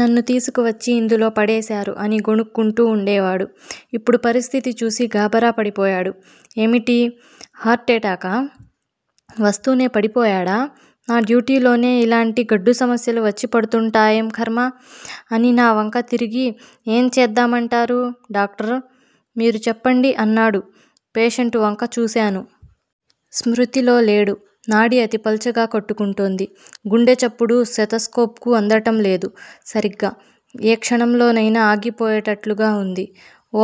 నన్ను తీసుకువచ్చి యిందులో పడేశారు అని గొణుక్కుంటూ ఉండేవాడు. ఇప్పుడు పరిస్థితి చూసి గాభరాపడిపోయాడు. ఏమిటి? హార్టు ఎటాకా? వస్తూనే పడిపోయాడా? నా డ్యూటీలోనే యిలాంటి గడ్డుసమస్యలు వచ్చిపడుతూంటాయేం కర్మ? అని నా వంక తిరిగి ఏం చేద్దాంమంటారు డాక్టర్? మీరు చెప్పండి అన్నాడు. పేషెంటువంక చూశాను. స్మృతిలోలేడు. నాడి అతి పలచగా కొట్టుకుంటోంది. గుండె చప్పుడు స్టెతస్కోప్ కు అందటం లేదు సరిగ్గా. ఏ క్షణంలోనైనా ఆగిపోయేటట్లుగా ఉంది.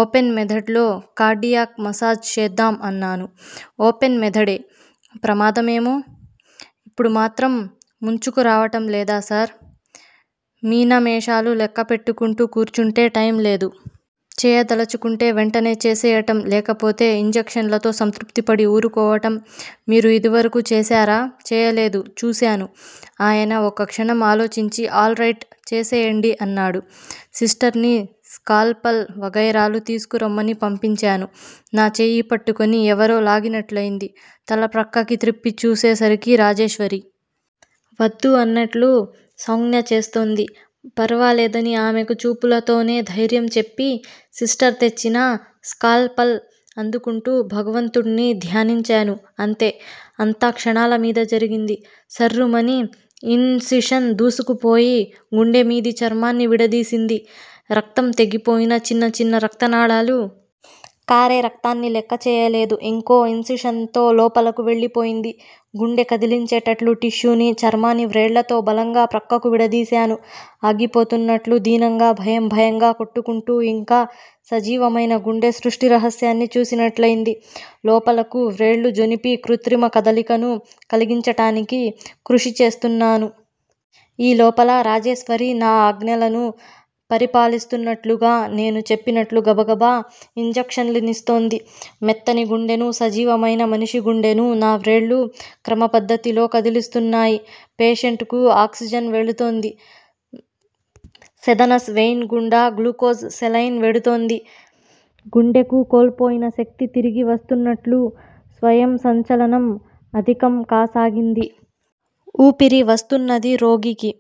ఓపెన్ మెథడ్ లో కార్డియాక్ మసాజీ చేద్దాం అన్నాను. ఓపెన్ మెథడే! ప్రమాదమేమో. ఇప్పుడు మాత్రం ముంచుకురావటం లేదా సార్? మీనమేషాలు లెక్క పెట్టుకుంటూ కూర్చుంటే టైంలేదు. చెయ్యదలచుకుంటే వెంటనే చేసెయ్యటం, లేకపోతే యింజక్షన్లతో సంతృప్తి పడి ఊరుకోవటం. మీరు యిదివరకు చేశారా? చెయ్యలేదు. చూశాను. ఆయన ఒకక్షణం ఆలోచించి ఆల్ రైట్, చేసెయ్యండి అన్నాడు. సిస్టర్ని స్కాల్ పల్ వగైరాలు తీసుకురమ్మని పంపించాను. నా చెయ్యిపట్టుకుని ఎవరో లాగినట్లయింది. తల ప్రక్కకి త్రిప్పి చూసేసరికి రాజేశ్వరి. వద్దు అన్నట్లు సౌంజ్ఞ చేస్తోంది. పర్వాలే దని ఆమెకు చూపులతోనే ధైర్యం చెప్పి సిస్టర్ తెచ్చిన స్కాల్ పల్ అందుకుంటూ భగవంతుణ్ని ధ్యానించాను. అంతే. అంతా క్షణాలమీద జరిగింది. సర్రుమని యిన్ సిషన్ దూసుకుపోయి, గుండెమీది చర్మాన్ని విడదీసింది. రక్తం, తెగిపోయిన చిన్న చిన్న రక్తనాళాలు. కారే రక్తాన్ని లెక్కచెయ్యలేదు. ఇంకో యిన్సిషన్ తో లోపలకు వెళ్ళిపోయింది. గుండె కదిలించేటట్లు టిష్యూనీ, చర్మాన్నీ వ్రేళ్ళతో బలంగా ప్రక్కకు విడదీశాను. ఆగిపోతున్నట్లు, దీనంగా, భయంభయంగా కొట్టుకుంటూ యింకా సజీవమైన గుండె సృష్టిరహస్యాన్ని చూసినట్లయింది. లోపలకు వ్రేళ్ళు జొనిపి కృత్రిమ కదలికను కలిగించటానికి కృషి చేస్తున్నాను. ఈ లోపల రాజేశ్వరి నా ఆజ్ఞలను పరిపాలిస్తున్నట్లుగా. నేను చెప్పినట్లు గబగబ యింజక్షన్లిస్తోంది. మెత్తని గుండెను, సజీవమైన మనిషిగుండెను నా వ్రేళ్ళు క్రమపద్ధతిలో కదిలిస్తున్నాయి పేషెంటుకు ఆక్సిజన్ వెడుతోంది. సెదనస్ వెయిన్ గుండా గ్లూకోజ్ సెలైన్ వెడుతోంది. గుండెకు కోల్పోయిన శక్తి తిరిగి వస్తున్నట్లు, స్వయం సంచలనం అధికం కాసాగింది. ఊపిరి వస్తున్నది రోగికి.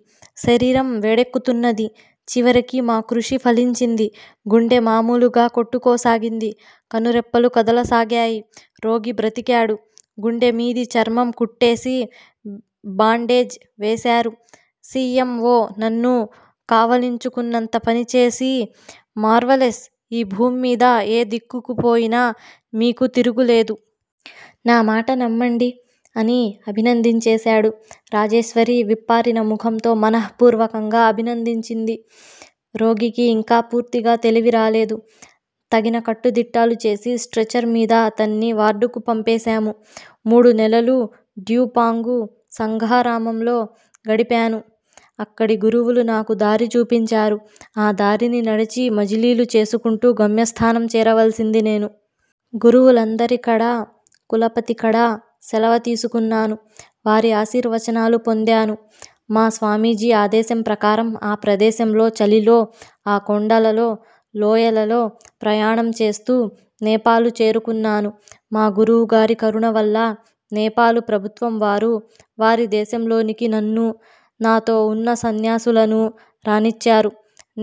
శరీరం వేడెక్కుతున్నది. చివరికి మా కృషి ఫలించింది. గుండె మామూలుగా కొట్టుకోసాగింది. కనురెప్పలు కదలసాగాయి. రోగి బ్రతికాడు. గుండెమీది చర్మం కుట్టేసి, బాండేజ్ వేసేశారు. సి. ఎమ్. ఓ నన్ను కావలించుకున్నంత పనిచేసి మార్వలెస్! ఈ భూమ్మీద ఏ దిక్కుకుపోయినా మీకు తిరుగులేదు. నామాట నమ్మండి అని అభినందించేశాడు. రాజేశ్వరి విప్పారిన ముఖంతో మనః పూర్వకంగా అభినందించింది. రోగికి యింకా పూర్తిగా తెలివిరాలేదు. తగిన కట్టుదిట్టాలు చేసి స్ట్రెచర్ మీద అతన్ని వార్డుకు పంపేశాము. మూడు నెలలూ ద్యూపాంగు సంఘరామంలో గడిపాను. అక్కడి గురువులు నాకు దారి చూపించారు. ఆ దారిని నడిచి, మజిలీలు చేసుకుంటూ గమ్యస్థానం చేరవలసింది నేను. గురువులందరికడా, కులపతికడా సెలవు తీసుకున్నాను. వారి ఆశీర్వచనాలు పొందాను. మా స్వామీజీ ఆదేశం ప్రకారం ఆ ప్రదేశంలో, చలిలో, ఆ కొండలలో, లోయలలో ప్రయాణంచేస్తూ నేపాలు చేరుకున్నాను. మా గురువుగారి కరుణవల్ల నేపాలు ప్రభుత్వంవారు వారి దేశంలోనికి నన్నూ, నాతో ఉన్న సన్యాసులనూ రానిచ్చారు.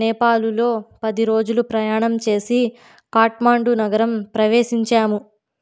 నేపాలులో పదిరోజులు ప్రయాణం చేసి కాట్మాండు నగరం ప్రవేశించాము.